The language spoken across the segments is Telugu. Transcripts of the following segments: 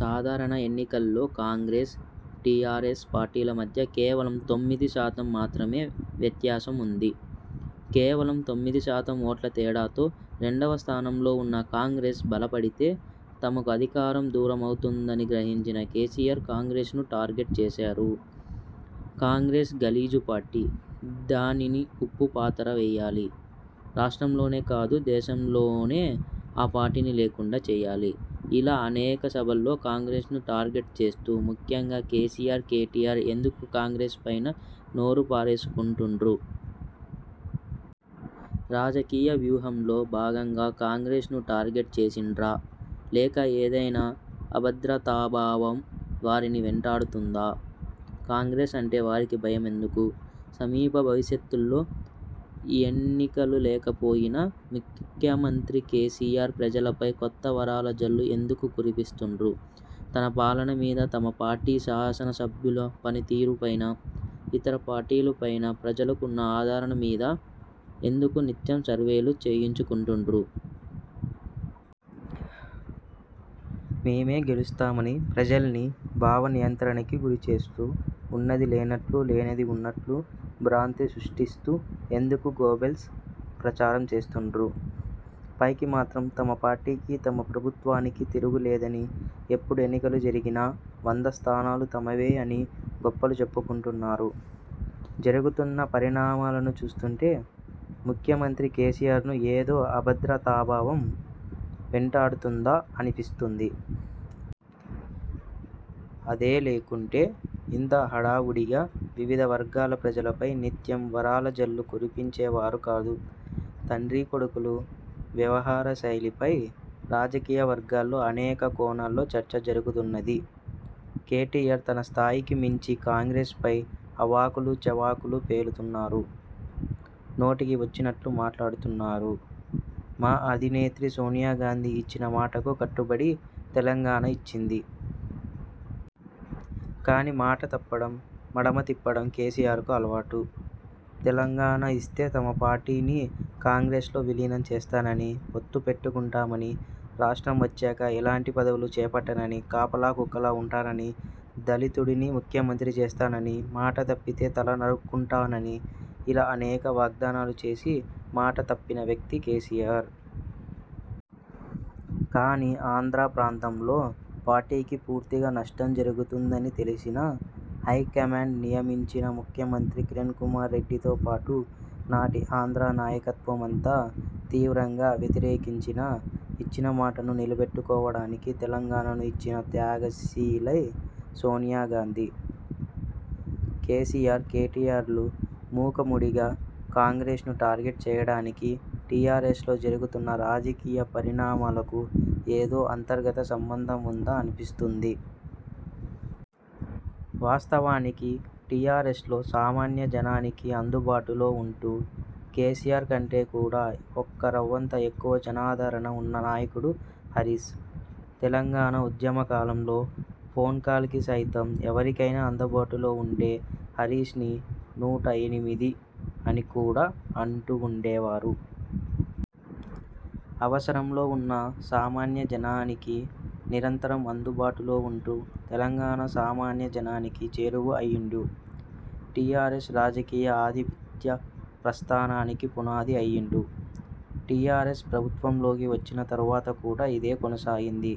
సాధారణ ఎన్నికల్లో కాంగ్రెస్, టీఆర్ఎస్ పార్టీల మధ్య కేవలం తొమ్మిది శాతం మాత్రమే వ్యత్యాసం ఉంది. కేవలం తొమ్మిది శాతం ఓట్ల తేడాతో రెండవ స్థానంలో ఉన్న కాంగ్రెస్ బలపడితే తమకు అధికారం దూరమవుతుందని గ్రహించిన కేసీఆర్ కాంగ్రెస్ ను టార్గెట్ చేశారు. 'కాంగ్రెస్ గలీజు పార్టీ, దానిని ఉప్పు పాతర వేయాలి, రాష్ట్రంలోనే కాదు దేశంలోనే ఆపార్టీని లేకుండా చేయాలి' ఇలా అనేక సభల్లో కాంగ్రెస్ ను టార్గెట్ చేస్తూ, ముఖ్యంగా కేసీఆర్, కేటీఆర్ ఎందుకు కాంగ్రెస్ పైన నోరు పారేసుకుంటుండ్రు. రాజకీయ వ్యూహంలో భాగంగా కాంగ్రెస్ ను టార్గెట్ చేసిండ్రా? లేక ఏదైనా అభద్రతాభావం వారిని వెంటాడుతుందా? కాంగ్రెస్ అంటే వారికి భయమెందుకు? సమీప భవిష్యత్తులో ఎన్నికలు లేకపోయినా ముఖ్య మంత్రి కేసీఆర్ ప్రజలపై కొత్త వరాల జల్లు ఎందుకు కురిపిస్తుండ్రు? తన పాలన మీద, తమ పార్టీ శాసనసభ్యుల పనితీరుపైనా, ఇతర పార్టీలపైన ప్రజలకు ఉన్న ఆదరణ మీద ఎందుకు నిత్యం సర్వేలు చేయించుకుంటుండ్రు? మేమే గెలుస్తామని ప్రజల్ని భావ నియంత్రణకి గురిచేస్తూ, ఉన్నది లేనట్లు, లేనిది ఉన్నట్లు, భ్రాంతి సృష్టిస్తూ ఎందుకు గోబెల్స్ ప్రచారం చేస్తుండ్రు? పైకి మాత్రం తమ పార్టీకీ, తమ ప్రభుత్వానికి తిరుగులేదనీ, ఎప్పుడు ఎన్నికలు జరిగినా వంద స్థానాలు తమవే అనీ గొప్పలు చెప్పుకుంటున్నారు. జరుగుతున్న పరిణామాలను చూస్తుంటే ముఖ్యమంత్రి కేసీఆర్ ను ఏదో అభద్రతాభావం వెంటాడుతుందా అనిపిస్తుంది. అదే లేకుంటే, ఇంత హడావుడిగా వివిధ వర్గాల ప్రజలపై నిత్యం వరాలజల్లు కురిపించేవారు కాదు. తండ్రీ కొడుకులు వ్యవహారశైలిపై రాజకీయ వర్గాల్లో అనేక కోణాల్లో చర్చ జరుగుతున్నది. కేటీఆర్ తన స్థాయికి మించి కాంగ్రెస్ పై అవాకులు చెవాకులు పేలుతున్నారు. నోటికి వచ్చినట్లు మాట్లాడుతున్నారు. మా అధినేత్రి సోనియా గాంధీ ఇచ్చిన మాటకు కట్టుబడి తెలంగాణ ఇచ్చింది. కానీ మాట తప్పడం, మడమ తిప్పడం కేసీఆర్ కు అలవాటు. తెలంగాణ ఇస్తే తమ పార్టీనీ కాంగ్రెస్ లో విలీనం చేస్తానని, పొత్తు పెట్టకుంటామని, రాష్ట్రం వచ్చాక ఎలాంటి పదవులు చేపట్టనని కాపలా కుక్కలా ఉంటానని, దళితుడిని ముఖ్యమంత్రి చేస్తానని, మాట తప్పితే తల నరక్కుంటానని ఇలా అనేక వాగ్దానాలు చేసి మాట తప్పిన వ్యక్తి కేసీఆర్. కానీ ఆంధ్ర ప్రాంతంలో పార్టీకి పూర్తిగా నష్టం జరుగుతుందని తెలిసినా, హైకమాండ్ నియమించిన ముఖ్యమంత్రి కిరణ్ కుమార్ రెడ్డితో పాటు నాటి ఆంధ్ర నాయకత్వం అంతా తీవ్రంగా వ్యతిరేకించినా, ఇచ్చిన మాటను నిలబెట్టుకోవడానికి తెలంగాణను ఇచ్చిన త్యాగశీలి సోనియాగాంధీ. కేసీఆర్, కేటీఆర్లు మూకముడిగా కాంగ్రెస్ ను టార్గెట్ చేయడానికీ, టీఆర్ఎస్ లో జరుగుతున్న రాజకీయ పరిణామాలకూ ఏదో అంతర్గత సంబంధం ఉందా అనిపిస్తుంది. వాస్తవానికి టీఆర్ఎస్ లో, సామాన్య జనానికి అందుబాటులో ఉంటూ, కేసీఆర్ కంటే కూడా ఒక్క రవ్వంత ఎక్కువ జనాదరణ ఉన్న నాయకుడు హరీశ్. తెలంగాణ ఉద్యమకాలంలో, ఫోన్ కాల్ కి సైతం ఎవరికైనా అందుబాటులో ఉండే హరీశ్ ని 'నూట ఎనిమిది ' అని కూడా అంటూవుండేవారు. అవసరంలో ఉన్న సామాన్య జనానికి నిరంతరం అందుబాటులో ఉంటూ, తెలంగాణ సామాన్య జనానికి చేరువ అయ్యిండు. టీఆర్ఎస్ రాజకీయ ఆధిపత్య ప్రస్థానానికి పునాది అయ్యిండు. టీఆర్ఎస్ ప్రభుత్వంలోకి వచ్చిన తరువాత కూడా ఇదే కొనసాగింది.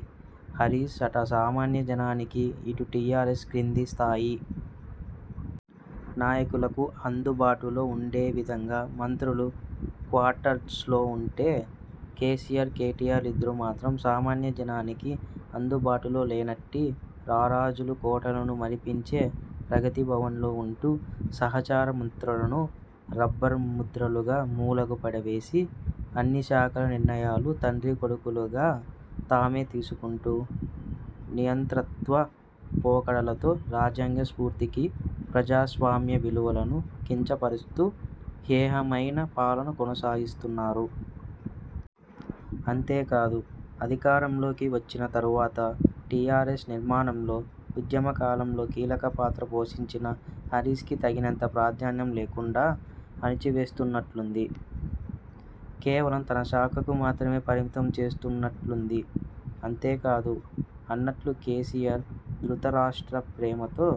హరీశ్, అటు సామాన్య జనానికి, ఇటు టీఆర్ఎస్ క్రింది స్థాయి నాయకులకు అందుబాటులో ఉండేవిధంగా మంత్రుల క్వార్టర్ట్స్లో ఉంటే, కేసీఆర్, కేటీఆర్లు ఇద్దరు మాత్రం సామాన్య జనానికి అందుబాటులో లేనట్టి, రారాజులు కోటలను మరిపించే, ప్రగతి భవన్లో ఉంటూ, సహచర మంత్రులను రబ్బర్ ముద్రలుగా మూలకు పడవేసి, అన్ని శాఖల నిర్ణయాలు తండ్రి కొడుకులుగా తామే తీసుకుంటూ, నియంతృత్వ పోకడలతో రాజ్యాంగ స్ఫూర్తికి, ప్రజాస్వామ్య విలువలను కించపరుస్తూ, హేయమైన పాలన కొనసాగిస్తున్నారు. అంతేకాదు, అధికారంలోకి వచ్చిన తరువాత, టీఆర్ఎస్ నిర్మాణంలో, ఉద్యమ కాలంలో కీలక పాత్ర పోషించిన హరీశ్ కి తగినంత ప్రాధాన్యం లేకుండా అణచివేస్తున్నట్లుంది. కేవలం తన శాఖకు మాత్రమే పరిమితం చేస్తున్నట్లుంది. అంతేకాదు, అన్నట్లు, కేసీఆర్ ధృతరాష్ట్ర ప్రేమతో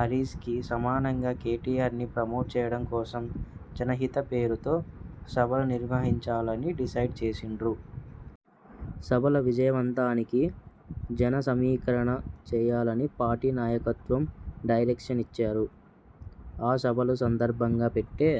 హరీశ్ కి సమానంగా కేటీఆర్ ని ప్రమోట్ చేయడం కోసం జనహిత పేరుతో సభలు నిర్వహించాలని డిసైడ్ చేసిండ్రు. సభల విజయవంతానికి, జన సమీకరణ చేయాలని పార్టీ నాయకత్వం డైరెక్షన్ ఇచ్చారు. ఆ సభల సందర్భంగా పెట్టే